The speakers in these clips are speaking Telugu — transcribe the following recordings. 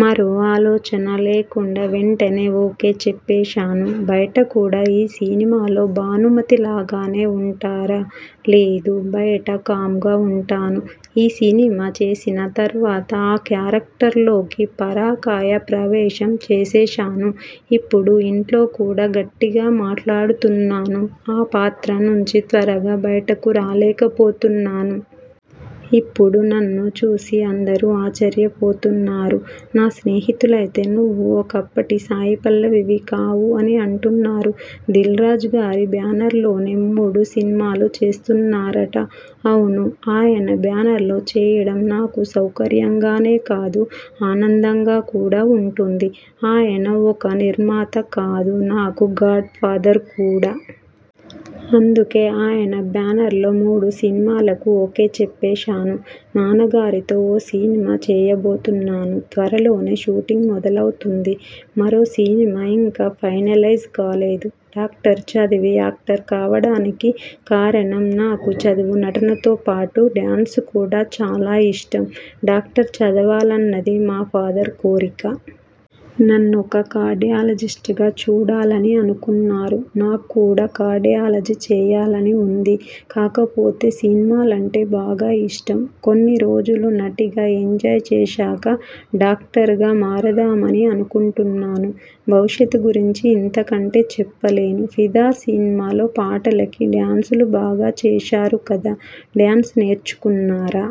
మరో ఆలోచన లేకుండా వెంటనే ఓకే చెప్పేశాను. బయట కూడా ఈ సినిమాలో భానుమతిలాగానే ఉంటారా? లేదు. బయట కామ్గా ఉంటాను. ఈ సినిమా చేసిన తరువాత ఆ క్యారెక్టర్లోకి పరకాయ ప్రవేశం చేసేశాను. ఇప్పుడు ఇంట్లో కూడా గట్టిగా మాట్లాడుతున్నాను. ఆ పాత్ర నుంచి త్వరగా బయటకు రాలేకపోతున్నాను. ఇప్పుడు నన్ను చూసి అందరూ ఆశ్చర్యపోతున్నారు. నా స్నేహితులైతే నువ్వు ఒకప్పటి సాయిపల్లవివి కావు అని అంటున్నారు. దిల్రాజుగారి బ్యానర్లోనే మూడు సినిమాలు చేస్తున్నారట? అవును. ఆయన బ్యానర్లో చేయడం నాకు సౌకర్యంగానే కాదు ఆనందంగా కూడా ఉంటుంది. ఆయన ఒక నిర్మాత కాదు, నాకు గాడ్ఫాదర్ కూడా! అందుకే ఆయన బ్యానర్లో మూడు సినిమాలకు ఓకే చెప్పేశాను. నానిగారితో ఓ సినిమా చేయబోతున్నాను. త్వరలోనే షూటింగ్ మొదలవుతుంది. మరో సినిమా ఇంకా ఫైనలైజ్ కాలేదు. డాక్టర్ చదివి యాక్టర్ కావడానికి కారణం? నాకు చదువు, నటనతో పాటు, డ్యాన్స్ కూడా చాలా ఇష్టం. డాక్టర్ చదవాలన్నది మా ఫాదర్ కోరిక. నన్నొక కార్డియాలజిస్ట్గా చూడాలని అనుకున్నారు. నాకు కూడా కార్డియాలజీ చేయాలని ఉంది. కాకపోతే సినిమాలంటే బాగా ఇష్టం. కొన్ని రోజులు నటిగా ఎంజాయ్ చేశాక డాక్టర్గా మారదామని అనుకుంటున్నాను. భవిష్యత్తు గురించి ఇంతకంటే చెప్పలేను. 'ఫిదా' సినిమాలో పాటలకి డ్యాన్సులు బాగా చేశారు కదా డ్యాన్స్ నేర్చుకున్నారా?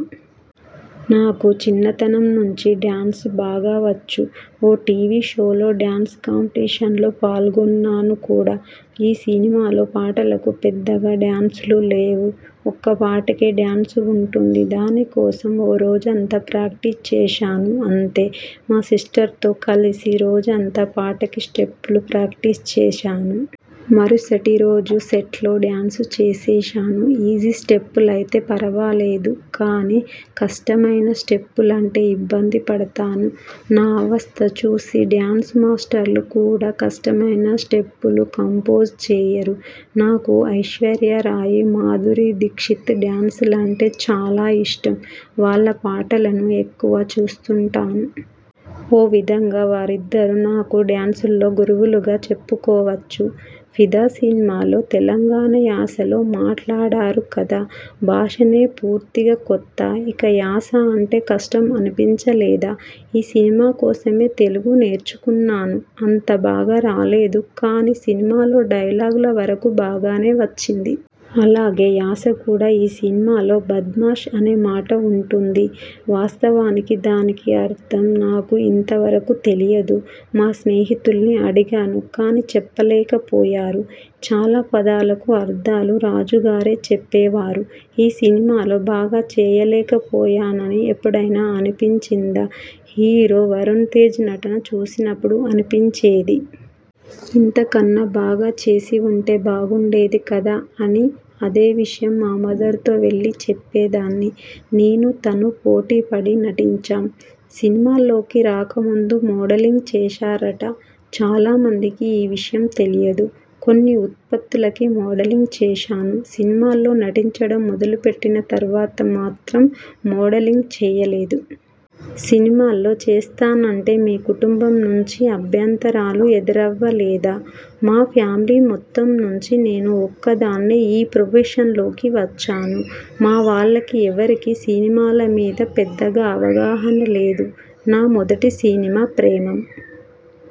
నాకు చిన్నతనం నుంచి డ్యాన్స్ బాగా వచ్చు. ఓ టీవీ షోలో డ్యాన్స్ కాంపీటీషన్లో పాల్గొన్నాను కూడా. ఈ సినిమాలో పాటలకు పెద్దగా డ్యాన్స్లు లేవు. ఒక్కపాటకే డ్యాన్స్ ఉంటుంది. దాని కోసం ఓ రోజంతా ప్రాక్టీసు చేశాను అంతే! మా సిస్టర్తో కలిసి రోజంతా పాటకి స్టెప్పులు ప్రాక్టీసు చేశాను. మరుసటిరోజు సెట్లో డ్యాన్స్ చేసేశాను. ఈజీ స్టెప్పులయితే ఫరవాలేదు కానీ, కష్టమైన స్టెప్పులంటే ఇబ్బంది పడతాను. నా అవస్థ చూసి డ్యాన్స్ మాస్టర్లు కూడా కష్టమైన స్టెప్పులు కంపోజ్ చేయరు. నాకు ఐశ్వర్యారాయ్, మాధురి దీక్షిత్ డ్యాన్స్లంటే చాలా ఇష్టం. వాళ్ళ పాటలను ఎక్కువగా చూస్తుంటాను. ఓ విధంగా వారిద్దరూ నాకు డ్యాన్స్లో గురువులుగా చెప్పుకోవచ్చు. 'ఫిదా' సినిమాలో తెలంగాణ యాసలో మాట్లాడారు కదా! భాషనే పూర్తిగా కొత్త ఇక యాస అంటే కష్టం అనిపించలేదా? ఈ సినిమా కోసమే తెలుగు నేర్చుకున్నాను. అంత బాగా రాలేదు కానీ, సినిమాలో డైలాగుల వరకూ బాగానే వచ్చింది. అలాగే యాస కూడా! ఈ సినిమాలో 'బద్మాష్' అనే మాట ఉంటుంది. వాస్తవానికి దానికి అర్థం నాకు ఇంత వరకూ తెలియదు. మా స్నేహితుల్ని అడిగాను కానీ, చెప్పలేకపోయారు. చాలా పదాలకు అర్థాలు రాజుగారే చెప్పేవారు. ఈ సినిమాలో బాగా చేయలేకపోయానని ఎప్పుడైనా అనిపించిందా? హీరో వరుణ్తేజ్ నటన చూసినప్పుడు అనిపించేది. ఇంతకన్నా బాగా చేసి ఉంటే బాగుండేది కదా! అని అదే విషయం మా మదర్తో వెళ్ళి చెప్పేదాన్ని. నేనూ తను పోటీ పడి నటించాం. సినిమాల్లోకి రాకముందు మోడలింగ్ చేశారట? చాలామందికి ఈ విషయం తెలియదు. కొన్ని ఉత్పత్తులకి మోడలింగ్ చేశాను. సినిమాల్లో నటించడం మొదలు పెట్టిన తరువాత మాత్రం మోడలింగ్ చేయలేదు. సినిమాల్లో చేస్తానంటే మీ కుటుంబం నుంచి అభ్యంతరాలు ఎదురవ్వలేదా? మా ఫ్యామిలీ మొత్తం నుంచి నేను ఒక్కదాన్నే ఈ ప్రొఫెషన్లోకి వచ్చాను. మా వాళ్ళకి ఎవరికీ సినిమాల మీద పెద్దగా అవగాహన లేదు. నా మొదటి సినిమా 'ప్రేమమ్'